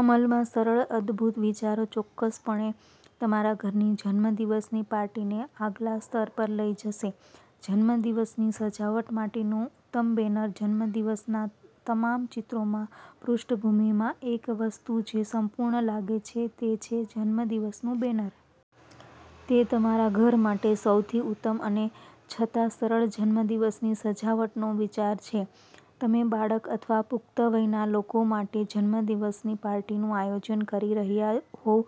અમલમાં સરળ, અદ્ભુત વિચારો ચોક્કસપણે તમારા ઘરની જન્મદિવસની પાર્ટીને આગલા સ્તર પર લઈ જશે. જન્મદિવસની સજાવટ માટેનું ઉત્તમ બેનર. જન્મદિવસના તમામ ચિત્રોમાં પૃષ્ઠભૂમિમાં એક વસ્તુ જે સંપૂર્ણ લાગે છે તે છે જન્મદિવસનું બેનર. તે તમારા ઘર માટે સૌથી ઉત્તમ અને છતાં સરળ જન્મદિવસની સજાવટનો વિચાર છે. તમે બાળક અથવા પુખ્ત વયના લોકો માટે જન્મદિવસની પાર્ટીનું આયોજન કરી રહ્યાં હોવ,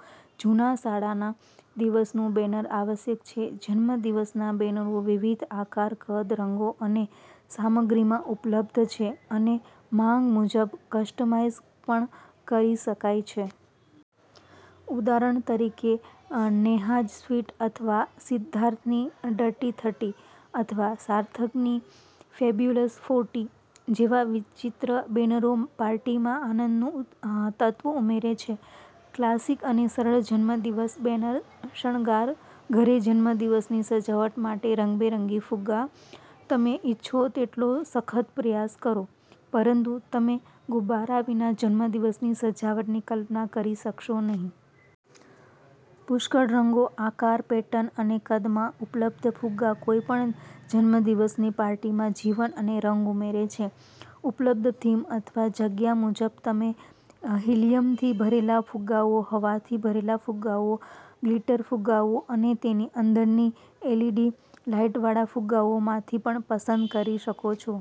જૂના શાળાના જન્મદિવસનું બેનર આવશ્યક છે. જન્મદિવસના બેનરો વિવિધ આકાર, કદ, રંગો અને સામગ્રીમાં ઉપલબ્ધ છે અને માંગ મુજબ કસ્ટમાઇઝ પણ કરી શકાય છે. ઉદાહરણ તરીકે, 'નેહાઝ સ્વીટ' અથવા 'સિદ્ધાર્થની ડર્ટી થર્ટી' અથવા 'સાર્થકની ફેબ્યુલસ ફોર્ટી' જેવા વિચિત્ર બેનરો પાર્ટીમાં આનંદનું તત્વ ઉમેરે છે. ક્લાસિક અને સરળ 'જન્મદિવસ બેનર' શણગાર. ઘરે જન્મદિવસની સજાવટ માટે રંગબેરંગી ફુગ્ગા. તમે ઇચ્છો તેટલો સખત પ્રયાસ કરો, પરંતુ તમે ગુબ્બારા વિના જન્મદિવસની સજાવટની કલ્પના કરી શકશો નહીં. પુષ્કળ રંગો, આકાર, પેટર્ન અને કદમાં ઉપલબ્ધ, ફુગ્ગા કોઈપણ જન્મદિવસની પાર્ટીમાં જીવન અને રંગ ઉમેરે છે. ઉપલબ્ધ થીમ અથવા જગ્યા મુજબ, તમે હિલીયમથી ભરેલા ફુગ્ગાઓ, હવાથી ભરેલા ફુગ્ગાઓ, ગ્લિટર ફુગ્ગાઓ અને તેની અંદરની એલઇડી લાઇટવાળા ફુગ્ગાઓમાંથી પણ પસંદ કરી શકો છો.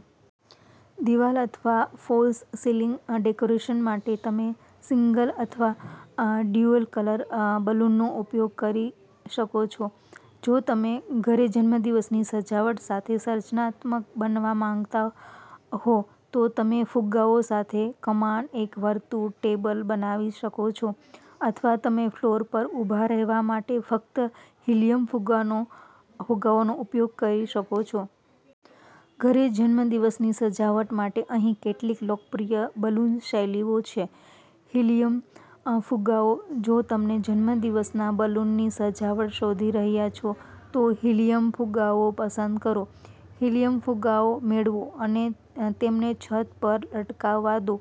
દિવાલ અથવા ફોલ્સ સીલિંગ ડેકોરેશન માટે, તમે સિંગલ અથવા ડ્યુઅલ કલર બલૂનનો ઉપયોગ કરી શકો છો. જો તમે ઘરે જન્મદિવસની સજાવટ સાથે સર્જનાત્મક બનવા માંગતા હો, તો તમે ફુગ્ગાઓ સાથે કમાન, એક વર્તુળ, ટેબલ બનાવી શકો છો અથવા તમે ફ્લોર પર ઊભા રહેવા માટે ફક્ત હિલીયમ ફુગ્ગાઓનો ઉપયોગ કરી શકો છો. ઘરે જન્મદિવસની સજાવટ માટે અહીં કેટલીક લોકપ્રિય બલૂન શૈલીઓ છે. હિલીયમ ફુગ્ગાઓ. જો તમે જન્મદિવસના બલૂનની સજાવટ શોધી રહ્યા છો, તો હિલીયમ ફુગ્ગાઓ પસંદ કરો. હિલીયમ ફુગ્ગાઓ મેળવો અને તેમને છત પર લટકાવવા દો.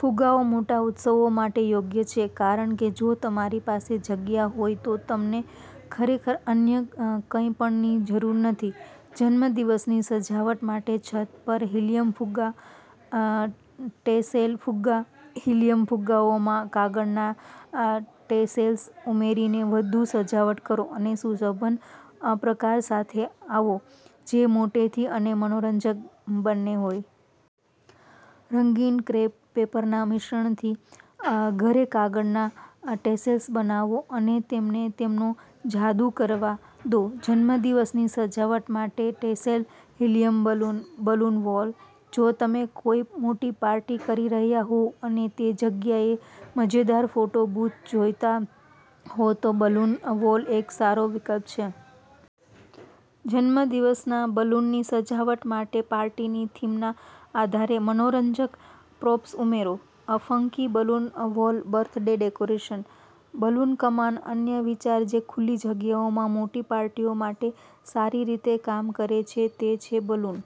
ફુગ્ગાઓ મોટા ઉત્સવો માટે યોગ્ય છે કારણ કે જો તમારી પાસે જગ્યા હોય તો તમને ખરેખર અન્ય કંઈપણની જરૂર નથી. જન્મદિવસની સજાવટ માટે છત પર હિલીયમ ફુગ્ગા. ટેસેલ ફુગ્ગા. હિલીયમ ફુગ્ગાઓમાં કાગળના ટેસેલ્સ ઉમેરીને વધુ સજાવટ કરો અને સુશોભન પ્રકાર સાથે આવો જે મોટેથી અને મનોરંજક બંને હોય. રંગીન ક્રેપ પેપરના મિશ્રણથી ઘરે કાગળના ટેસેલ્સ બનાવો અને તેમને તેમનો જાદુ કરવા દો. જન્મદિવસની સજાવટ માટે tassel helium balloon. Balloon wall. જો તમે કોઈ મોટી પાર્ટી કરી રહ્યા હોવ અને તે જગ્યાએ મજેદાર ફોટો બૂથ જોઈતા હો, તો બલૂન વોલ એક સારો વિકલ્પ છે. જન્મદિવસના બલૂનની સજાવટ માટે પાર્ટીની થીમના આધારે મનોરંજક પ્રોપ્સ ઉમેરો. Funky balloon wall birthday decoration. Balloon કમાન. અન્ય વિચાર જે ખુલ્લી જગ્યાઓમાં મોટી પાર્ટીઓ માટે સારી રીતે કામ કરે છે તે છે બલૂન